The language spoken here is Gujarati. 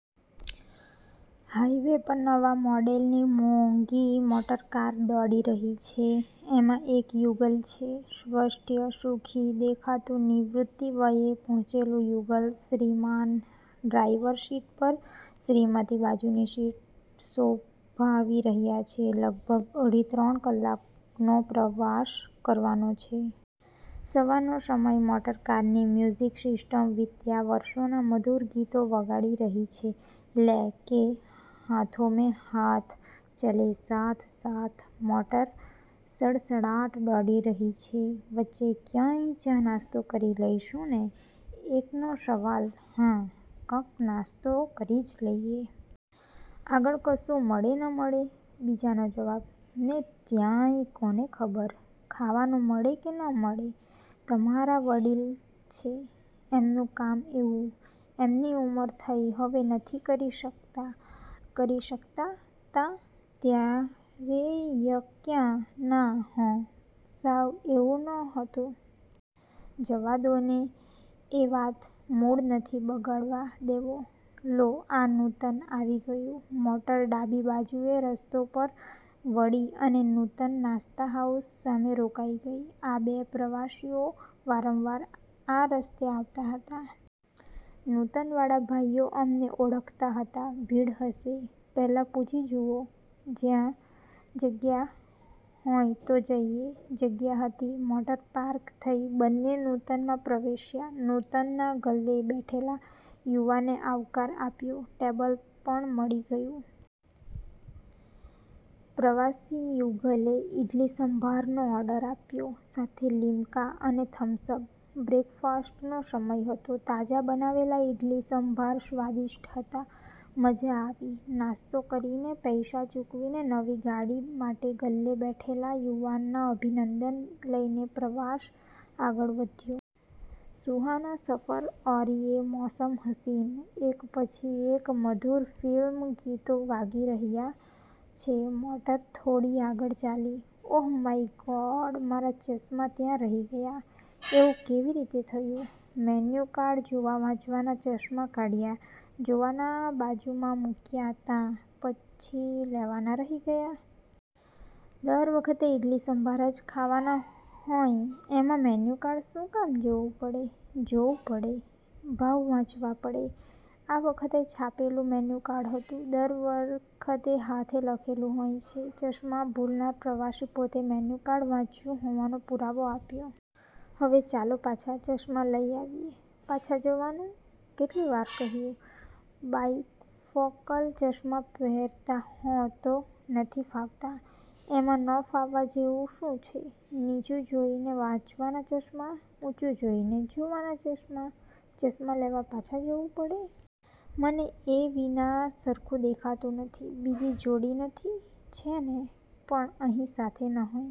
હાઇવે પર નવા મોડેલની મોંઘી મોટરકાર દોડી રહી છે. એમાં એક યુગલ છે. સ્વસ્થ, સુખી દેખાતું નિવૃત્તિ વયે પહોંચેલું યુગલ. શ્રીમાન ડ્રાઈવરસીટ પર, શ્રીમતી બાજુની સીટ શોભાવી રહ્યાં છે. લગભગ અઢી-ત્રણ કલાકનો પ્રવાસ કરવાનો છે. સવારનો સમય, મોટરકારની મ્યુઝિક સિસ્ટમ વીત્યા વર્ષોનાં મધુર ગીતો વગાડી રહી છે. 'લે કે હાથોમેં હાથ ચલે સાથ-સાથ,' મોટર સડસડાટ દોડી રહી છે. "વચ્ચે ક્યાંક ચાનાસ્તો કરી લઈશું ને?" એકનો સવાલ. "હા કંક નાસ્તો કરી જ લઈએ. આગળ કશું મળે ન મળે." બીજાનો જવાબ. "ને ત્યાંય કોને ખબર, ખાવાનું મળે કે નયે મળે. તમારા વડીલ છે. એમનું કામ એવું." "એમની ઉમર થઈ હવે નથી કરી શકતાં." "કરી શકતાં'તાં ત્યારે ય ક્યાં" "ના હોં, સાવ એવું નહોતું." "જવા દો ને એ વાત, મૂડ નથી બગડવા દેવો. લો આ 'નૂતન' આવી ગયું." મોટર ડાબી બાજુએ રસ્તા પર વળી અને 'નૂતન નાસ્તા હાઉસ' સામે રોકાઈ ગઈ. આ બે પ્રવાસીઓ વારંવાર આ રસ્તે આવતાં હતા. 'નૂતન' વાળા ભાઈઓ એમને ઓળખતા હતા. "ભીડ હશે, પહેલાં પૂછી જુઓ. જગ્યા હોય તો જઈએ." જગ્યા હતી. મોટર પાર્ક થઈ. બન્ને 'નૂતન' માં પ્રવેશ્યા. 'નૂતન' ના ગલ્લે બેઠેલા યુવાને આવકાર આપ્યો. ટેબલ પણ મળી ગયું. પ્રવાસી યુગલે ઈડલી સંભારનો ઓર્ડર આપ્યો સાથે લિમ્કા અને થમ્સઅપ. બ્રેકફાસ્ટનો સમય હતો. તાજા બનાવેલાં ઈડલી સંભાર સ્વાદિષ્ટ હતા. મજા આવી. નાસ્તો કરીને પૈસા ચૂકવીને, નવી ગાડી માટે ગલ્લે બેઠેલા યુવાનના અભિનંદન લઈને પ્રવાસ આગળ વધ્યો. "સુહાના સફર ઔર યે મૌસમ હસીન" એક પછી એક સુમધુર ફિલ્મી ગીતો વાગી રહ્યા છે. મોટર થોડી આગળ ચાલી. "ઓહ માય ગોડ, મારા ચશ્મા ત્યાં રહી ગયાં." "એવું કેવી રીતે થયું?" "મેન્યુકાર્ડ જોવા વાંચવાના ચશ્મા કાઢ્યા, જોવાના બાજુમાં મૂક્યા'તા, પછી લેવાના રહી ગયાં." "દર વખતે ઇડલી સંભાર જ ખાવાના હોય એમાં મેન્યુકાર્ડ શું કામ જોવું પડે?" "જોવું પડે. ભાવ વાંચવા પડે. આ વખતે છાપેલું મેન્યુકાર્ડ હતું. દર વખતે હાથે લખેલું હોય છે." ચશ્મા ભૂલનાર પ્રવાસી પોતે મેન્યુકાર્ડ વાંચ્યું હોવાનો પુરાવો આપ્યો. "હવે ચાલો પાછા, ચશ્મા લઇ આવીએ." "પાછા જવાનું?" "કેટલી વાર કહ્યું. બાયફોકલ ચશ્મા પહેરતા હો તો?" "નથી ફાવતા." "એમાં ન ફાવવા જેવું શું છે? નીચું જોઇને વાંચવાના ચશ્મા, ઊંચુ જોઇને જોવાના ચશ્મા." "ચશ્મા લેવા પાછા જવું પડે. મને એ વિના સરખું દેખાતું નથી." "બીજી જોડી નથી?" "છે ને, પણ અહીં સાથે ન હોય